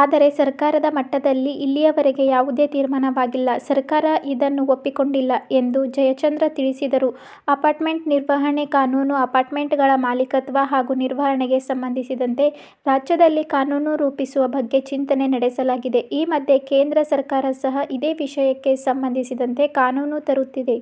ಆದರೆ, ಸರ್ಕಾರದ ಮಟ್ಟದಲ್ಲಿ ಇಲ್ಲಿವರೆಗೆ ಯಾವುದೇ ತೀರ್ಮಾನವಾಗಿಲ್ಲ. ಸರ್ಕಾರ ಇದನ್ನು ಒಪ್ಪಿಕೊಂಡಿಲ್ಲ ಎಂದು ಜಯಚಂದ್ರ ತಿಳಿಸಿದರು. ಅಪಾರ್ಟ್ಮೆಂಟ್ ನಿರ್ವಹಣೆ ಕಾನೂನು:ಅಪಾರ್ಟ್ಮೆಂಟ್ಗಳ ಮಾಲೀಕತ್ವ ಹಾಗೂ ನಿರ್ವಹಣೆಗೆ ಸಂಬಂಧಿಸಿದಂತೆ ರಾಜ್ಯದಲ್ಲಿ ಕಾನೂನು ರೂಪಿಸುವ ಬಗ್ಗೆ ಚಿಂತನೆ ನಡೆಸಲಾಗಿದೆ. ಈ ಮಧ್ಯೆ ಕೇಂದ್ರ ಸರ್ಕಾರ ಸಹ ಇದೇ ವಿಷಯಕ್ಕೆ ಸಂಬಂಧಿಸಿದಂತೆ ಕಾನೂನು ತರುತ್ತಿದೆ.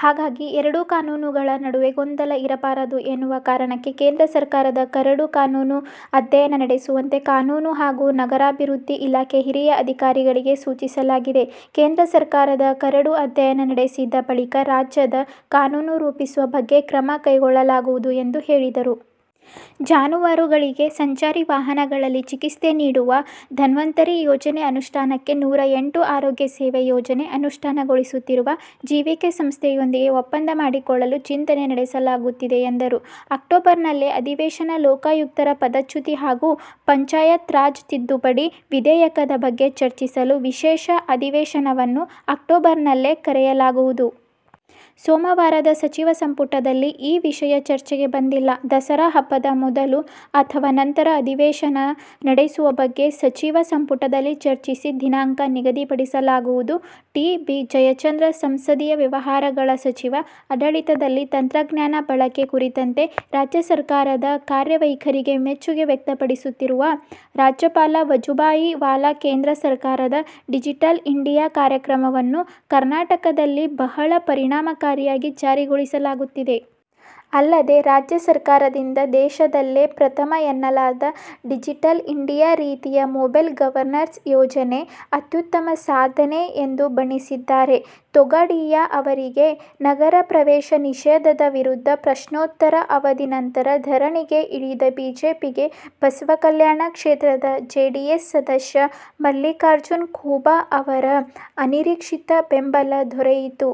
ಹಾಗಾಗಿ ಎರಡೂ ಕಾನೂನುಗಳ ನಡುವೆ ಗೊಂದಲ ಇರಬಾರದು ಎನ್ನುವ ಕಾರಣಕ್ಕೆ ಕೇಂದ್ರ ಸರ್ಕಾರದ ಕರಡು ಕಾನೂನು ಅಧ್ಯಯನ ನಡೆಸುವಂತೆ ಕಾನೂನು ಹಾಗೂ ನಗರಾಭಿವೃದ್ಧಿ ಇಲಾಖೆ ಹಿರಿಯ ಅಧಿಕಾರಿಗಳಿಗೆ ಸೂಚಿಸಲಾಗಿದೆ. ಕೇಂದ್ರ ಸರ್ಕಾರದ ಕರಡು ಅಧ್ಯಯನ ನಡೆಸಿದ ಬಳಿಕ ರಾಜ್ಯದ ಕಾನೂನು ರೂಪಿಸುವ ಬಗ್ಗೆ ಕ್ರಮ ಕೈಗೊಳ್ಳಲಾಗುವುದು ಎಂದು ಹೇಳಿದರು. ಜಾನುವಾರುಗಳಿಗೆ ಸಂಚಾರಿ ವಾಹನಗಳಲ್ಲಿ ಚಿಕಿತ್ಸೆ ನೀಡುವ "ಧನ್ವಂತರಿ' ಯೋಜನೆ ಅನುಷ್ಠಾನಕ್ಕೆ ನೂರ ಎಂಟು ಆರೋಗ್ಯ ಸೇವೆ ಯೋಜನೆ ಅನುಷ್ಠಾನಗೊಳಿಸುತ್ತಿರುವ ಜಿವಿಕೆ ಸಂಸ್ಥೆಯೊಂದಿಗೆ ಒಪ್ಪಂದ ಮಾಡಿಕೊಳ್ಳಲು ಚಿಂತನೆ ನಡೆಸಲಾಗುತ್ತಿದೆ ಎಂದರು. ಅಕ್ಟೋಬರ್ನಲ್ಲೇ ಅಧಿವೇಶನಲೋಕಾಯುಕ್ತರ ಪದಚ್ಯುತಿ ಹಾಗೂ ಪಂಚಾಯತ್ರಾಜ್ ತಿದ್ದುಪಡಿ ವಿಧೇಯಕದ ಬಗ್ಗೆ ಚರ್ಚಿಸಲು ವಿಶೇಷ ಅಧಿವೇಶನವನ್ನು ಅಕ್ಟೋಬರ್ನಲ್ಲೇ ಕರೆಯಲಾಗುವುದು. ಸೋಮವಾರದ ಸಚಿವ ಸಂಪುಟದಲ್ಲಿ ಈ ವಿಷಯ ಚರ್ಚೆಗೆ ಬಂದಿಲ್ಲ. ದಸರಾ ಹಬ್ಬದ ಮೊದಲು ಅಥವಾ ನಂತರ ಅಧಿವೇಶನ ನಡೆಸುವ ಬಗ್ಗೆ ಸಚಿವ ಸಂಪುಟದಲ್ಲಿ ಚರ್ಚಿಸಿ ದಿನಾಂಕ ನಿಗದಿಪಡಿಸಲಾಗುವುದು. ಟಿ. ಬಿ. ಜಯಚಂದ್ರ, ಸಂಸದೀಯ ವ್ಯವಹಾರಗಳ ಸಚಿವ ಆಡಳಿತದಲ್ಲಿ ತಂತ್ರಜ್ಞಾನ ಬಳಕೆ ಕುರಿತಂತೆ ರಾಜ್ಯ ಸರಕಾರದ ಕಾರ್ಯವೈಖರಿಗೆ ಮೆಚ್ಚುಗೆ ವ್ಯಕ್ತಪಡಿಸುತ್ತಿರುವ ರಾಜ್ಯಪಾಲ ವಜುಭಾಯಿ ವಾಲಾ, ಕೇಂದ್ರ ಸರಕಾರದ ಡಿಜಿಟಲ್ ಇಂಡಿಯಾ' ಕಾರ್ಯಕ್ರಮವನ್ನು ಕರ್ನಾಟಕದಲ್ಲಿ ಬಹಳ ಪರಿಣಾಮಕಾರಿಯಾಗಿ ಜಾರಿಗೊಳಿಸಲಾಗುತ್ತಿದೆ. ಅಲ್ಲದೆ, ರಾಜ್ಯ ಸರಕಾರದಿಂದ ದೇಶದಲ್ಲೇ ಪ್ರಥಮ ಎನ್ನಲಾದ ಡಿಜಿಟಲ್ ಇಂಡಿಯಾ ರೀತಿಯ ಮೊಬೈಲ್ ಗವರ್ನನ್ಸ್' ಯೋಜನೆ ಅತ್ಯುತ್ತಮ ಸಾಧನೆ ಎಂದು ಬಣ್ಣಿಸಿದ್ದಾರೆ. ತೊಗಾಡಿಯಾ ಅವರಿಗೆ ನಗರ ಪ್ರವೇಶ ನಿಷೇಧದ ವಿರುದ್ಧ ಪ್ರಶ್ನೋತ್ತರ ಅವಧಿ ನಂತರ ಧರಣಿಗೆ ಇಳಿದ ಬಿಜೆಪಿಗೆ ಬಸವಕಲ್ಯಾಣ ಕ್ಷೇತ್ರದ ಜೆಡಿಎಸ್ ಸದಸ್ಯ ಮಲ್ಲಿಕಾರ್ಜುನ ಖೂಬಾ ಅವರ ಅನಿರೀಕ್ಷಿತ ಬೆಂಬಲ ದೊರೆಯಿತು.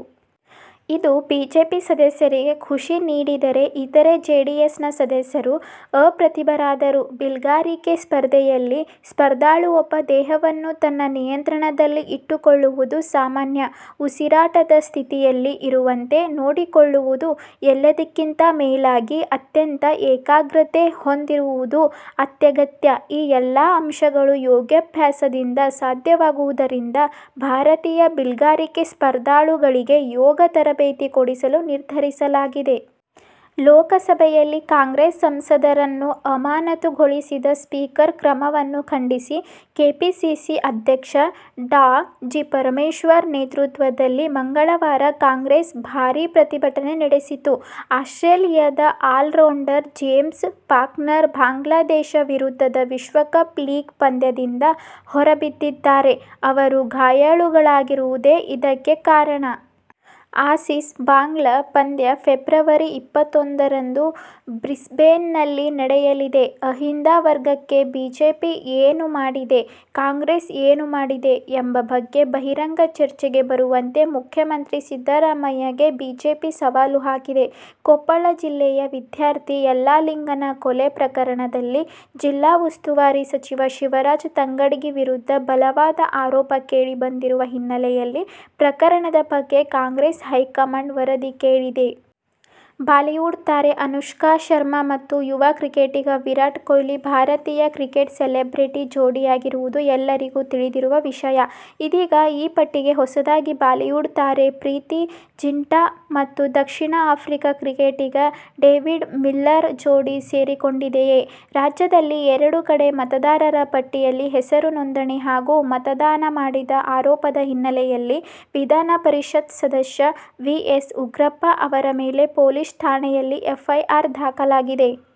ಇದು ಬಿಜೆಪಿ ಸದಸ್ಯರಿಗೆ ಖುಷಿ ನೀಡಿದರೆ, ಇತರೆ, ಜೆಡಿಎಸ್ನ ಸದಸ್ಯರು ಅಪ್ರತಿಭರಾದರು. ಬಿಲ್ಗಾರಿಕೆ ಸ್ಪರ್ಧೆಯಲ್ಲಿ ಸ್ಪರ್ಧಾಳುವೊಬ್ಬ ದೇಹವನ್ನು ತನ್ನ ನಿಯಂತ್ರಣದಲ್ಲಿ ಇಟ್ಟುಕೊಳ್ಳುವುದು, ಸಾಮಾನ್ಯ ಉಸಿರಾಟದ ಸ್ಥಿತಿಯಲ್ಲಿ ಇರುವಂತೆ ನೋಡಿಕೊಳ್ಳುವುದು ಎಲ್ಲದಕ್ಕಿಂತ ಮೇಲಾಗಿ ಅತ್ಯಂತ ಏಕಾಗ್ರತೆ ಹೊಂದಿರುವುದು ಅತ್ಯಗತ್ಯ. ಈ ಎಲ್ಲಾ ಅಂಶಗಳು ಯೋಗಾಭ್ಯಾಸದಿಂದ ಸಾಧ್ಯವಾಗುವುದರಿಂದ, ಭಾರತೀಯ ಬಿಲ್ಗಾರಿಕೆ ಸ್ಪರ್ಧಾಗಳುಗಳಿಗೆ ಯೋಗ ತರಬೇತಿ ಕೊಡಿಸಲು ನಿರ್ಧರಿಸಲಾಗಿದೆ. ಲೋಕಸಭೆಯಲ್ಲಿ ಕಾಂಗ್ರೆಸ್ ಸಂಸದರನ್ನು ಅಮಾನತು ಗೊಳಿಸಿದ ಸ್ಪೀಕರ್ ಕ್ರಮವನ್ನು ಖಂಡಿಸಿ ಕೆಪಿಸಿಸಿ ಅಧ್ಯಕ್ಷ ಡಾ. ಜಿ. ಪರಮೇಶ್ವರ್ ನೇತೃತ್ವದಲ್ಲಿ ಮಂಗಳವಾರ ಕಾಂಗ್ರೆಸ್ ಭಾರಿ ಪ್ರತಿಭಟನೆ ನಡೆಸಿತು. ಆಸ್ಟ್ರೇಲಿಯದ ಆಲ್ರೌಂಡರ್ ಜೇಮ್ಸ್ ಫಾಕ್ನರ್ ಬಾಂಗ್ಲಾದೇಶ ವಿರುದ್ಧದ ವಿಶ್ವಕಪ್ ಲೀಗ್ ಪಂದ್ಯದಿಂದ ಹೊರಬಿದ್ದಿದ್ದಾರೆ. ಅವರು ಗಾಯಾಳಾಗಿರುವುದೇ ಇದಕ್ಕೆ ಕಾರಣ. ಆಸೀಸ್-ಬಾಂಗ್ಲಾ ಪಂದ್ಯ ಫೆಬ್ರವರಿ ಇಪ್ಪತ್ತೊಂದರಂದು ಬ್ರಿಸ್ಬೇನ್ನಲ್ಲಿ ನಡೆಯಲಿದೆ. ಅಹಿಂದ ವರ್ಗಕ್ಕೆ ಬಿಜೆಪಿ ಏನು ಮಾಡಿದೆ, ಕಾಂಗ್ರೆಸ್ ಏನು ಮಾಡಿದೆ ಎಂಬ ಬಗ್ಗೆ ಬಹಿರಂಗ ಚರ್ಚೆಗೆ ಬರುವಂತೆ ಮುಖ್ಯಮಂತ್ರಿ ಸಿದ್ದರಾಮಯ್ಯ ಗೆ ಬಿಜೆಪಿ ಸವಾಲು ಹಾಕಿದೆ. ಕೊಪ್ಪಳ ಜಿಲ್ಲೆಯ ವಿದ್ಯಾರ್ಥಿ ಯಲ್ಲಾಲಿಂಗನ ಕೊಲೆ ಪ್ರಕರಣದಲ್ಲಿ ಜಿಲ್ಲಾ ಉಸ್ತುವಾರಿ ಸಚಿವ ಶಿವರಾಜ್ ತಂಗಡಗಿ ವಿರುದ್ಧ ಬಲ ವಾದ ಆರೋಪ ಕೇಳಿ ಬಂದಿರುವ ಹಿನ್ನೆಲೆಯಲ್ಲಿ ಪ್ರಕರಣದ ಬಗ್ಗೆ ಕಾಂಗ್ರೆಸ್ ಹೈಕಮಾಂಡ್ ವರದಿ ಕೇಳಿದೆ. ಬಾಲಿವುಡ್ ತಾರೆ ಅನುಷ್ಕಾ ಶರ್ಮಾ ಮತ್ತು ಯುವ ಕ್ರಿಕೆಟಿಗ ವಿರಾಟ್ ಕೊಹ್ಲಿ ಭಾರತೀಯ ಕ್ರಿಕೆಟ್ ಸೆಲೆಬ್ರಿಟಿ ಜೋಡಿಯಾಗಿರುವುದು ಎಲ್ಲರಿಗೂ ತಿಳಿದಿರುವ ವಿಷಯ. ಇದೀಗ ಈ ಪಟ್ಟಿಗೆ ಹೊಸದಾಗಿ ಬಾಲಿವುಡ್ ತಾರೆ ಪ್ರೀತಿ ಝಿಂಟಾ ಮತ್ತು ದಕ್ಷಿಣ ಆಫ್ರಿಕ ಕ್ರಿಕೆಟಿಗ ಡೇವಿಡ್ ಮಿಲ್ಲರ್ ಜೋಡಿ ಸೇರಿಕೊಂಡಿದೆಯೇ. ರಾಜ್ಯದಲ್ಲಿ ಎರಡು ಕಡೆ ಮತದಾರರ ಪಟ್ಟಿಯಲ್ಲಿ ಹೆಸರು ನೋಂದಣಿ ಹಾಗೂ ಮತದಾನ ಮಾಡಿದ ಆರೋಪದ ಹಿನ್ನೆಲೆಯಲ್ಲಿ ವಿಧಾನಪರಿಷತ್ ಸದಸ್ಯ ವಿ. ಎಸ್. ಉಗ್ರಪ್ಪ ಅವರ ಮೇಲೆ ಪೊಲೀಸ್ ಠಾಣೆಯಲ್ಲಿ ಎಫ್ಐಆರ್ ದಾಖಲಾಗಿದೆ.